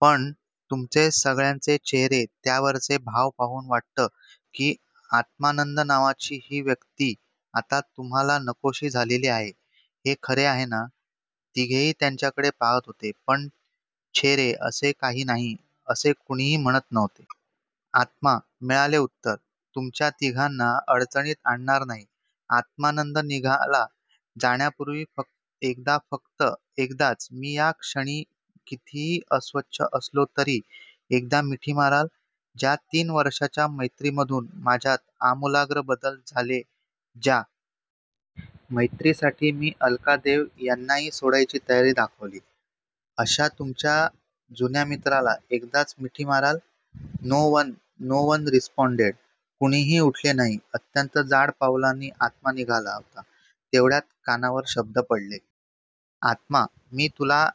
पण, तुमचे सगळ्यांचे चेहरे त्यावरचे भाव पाहून वाटते. की आत्मानंद नावाची ही व्यक्ती आता तुम्हाला नकोशी झालेली आहे. हे खरे आहे ना? तिघेही त्याच्याकडे पाहात होते. पण 'छे रे, असे काही नाही' असे कुणीही म्हणत नव्हते. आत्मा मिळाले उत्तर! तुमच्या तिघांना अडचणीत आणणार नाही. आत्मानंद निघाला जाण्यापुर्वी एकदा फक्त एकदाच मी या क्षणी कितीही अस्वच्छ असलो तरीही, एकदा मिठी माराल? ज्या तीन वर्षांच्या मैत्रीमधून माझ्यात आमुलाग्र बदल झाले.ज्या मैत्रीसाठी मी अलका देव यांनाही सोडायची तयारी दाखवली. अशा तुमच्या जुन्या मित्राला. एकदाच मिठी माराल? No one! No one responded! कुणीही उठले नाही. अत्यंत जड पावलांनी आत्मा निघाला होता. तेवढ्यात कानावर शब्द पडले. "आत्मा मी तुला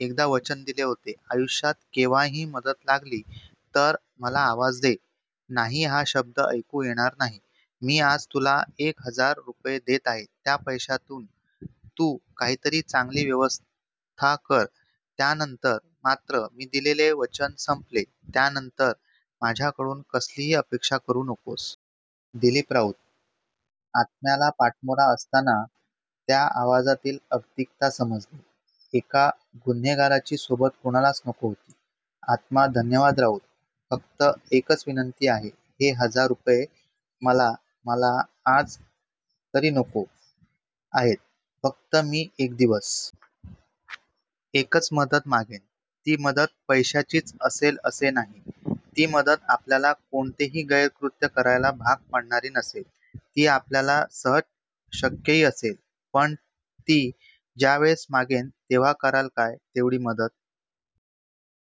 एकदा वचन दिले होते. आयुष्यात केव्हाही मदत लागली तर मला आवाज दे 'नाही' हा शब्द ऐकू येणार नाही. मी, आज तुला एक हजार रुपये देत आहे. त्या पैशातून तू काहीतरी चांगली व्यवस्थ कर, त्यानंतर मात्र मी दिलेले वचन संपले यानंतर माझ्याकडून कसलीही अपेक्षा करू नकोस." दिलीप राऊत! आत्म्याला पाठमोरा असतानाच त्या आवाजातील अगतिकता समजली. एका गुन्हेगाराची सोबत कुणालाच नको होती. आत्मा धन्यवाद राऊत. फक्त एकच विनंती आहे. हे हजार रुपये. मला मला आज तरी नको आहेत. फक्त मी एक दिवस.. एकच मदत मागेन. ती मदत पैशाचीच असेल असे नाही. ती मदत आपल्याला कोणतेही गैर कृत्य करायला भाग पाडणारी नसेल. ती आपल्याला सहज शक्यही असेल. पण ती ज्यावेळेस मागेन. तेव्हा कराल काय? तेवढी मदत?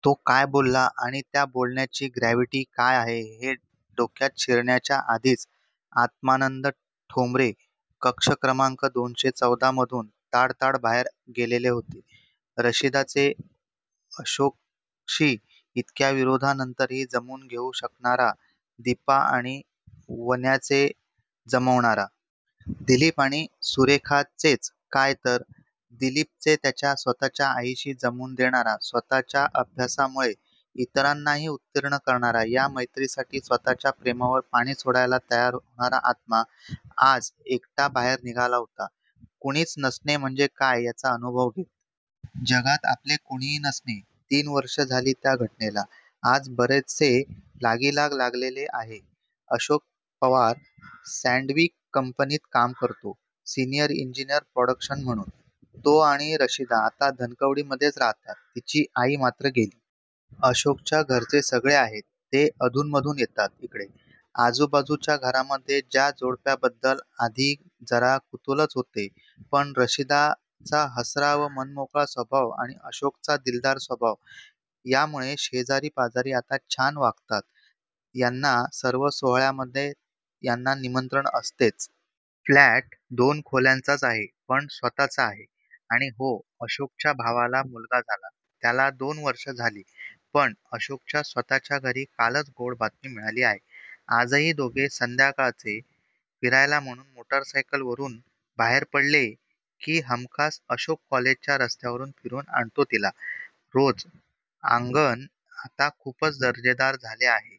तो काय बोलला आणि त्या बोलण्याची ग्रॅव्हिटी काय आहे हे डोक्यात शिरण्याच्या आधीच आत्मानंद ठोंबरे कक्ष क्रमांक दोनशे चवदा मधून ताडताड बाहेर गेलेले होते. रशिदाचे अशोकशी इतक्या विरोधानंतरही जमवून देऊ शकणारा, दीपा आणि वन्याचे जमवणारा. दिलीप आणि सुरेखाचेच काय तर दिलीपचे त्याच्या स्वतःच्या आईशी जमवून देणारा. स्वतःच्या अभ्यासामुळे इतरांनाही उत्तीर्ण करणारा. या मैत्रीसाठी स्वतःच्या प्रेमावर पाणी सोडायला तयार होणारा आत्मा, आज एकटा बाहेर निघाला होता. कुणीच नसणे म्हणजे काय याचा अनुभव घेत! जगात आपले कुणीही नसणे. तीन वर्षे झाली त्या घटनेला! आता बरेचसे लागीलाग लागलेले आहे. अशोक पवार सॅंडविक कंपनीत काम करतो. सिनियर इंजीनियर प्रॉडक्शन म्हणून! तो आणि रशिदा आता धनकवडीमध्येच राहतात! तिची आई मात्र गेली. अशोकच्या घरचे सगळे आहेत. ते अधूनमधून येतात इकडे! आजूबाजूच्या घरांमध्ये या जोडप्याबद्दल आधी जरा कुतुहलच होते. पण रशिदाचा हसरा व मनमोकळा स्वभाव आणि अशोकचा दिलदार स्वभाव यामुळे शेजारी पाजारीही आता छान वागवतात यांना सर्व सोहळ्यांमध्ये यांना निमंत्रण असतेच! फ्लॅट दोन खोल्यांचाच आहे, पण स्वतःचा आहे. आणि हो, अशोकच्या भावाला मुलगा झाला त्याला दोन वर्षे झाली पण अशोकच्या स्वतःच्या घरी कालच गोड बातमी मिळाली आहे. आजही दोघेही संध्याकाळचे फिरायला म्हणून मोटरसायकलवरून बाहेर पडले की हमखास अशोक कॉलेजच्या रस्त्यावरून फिरून आणतो तिला! रोज! आंगन आता खूपच दर्जेदार झाले आहे.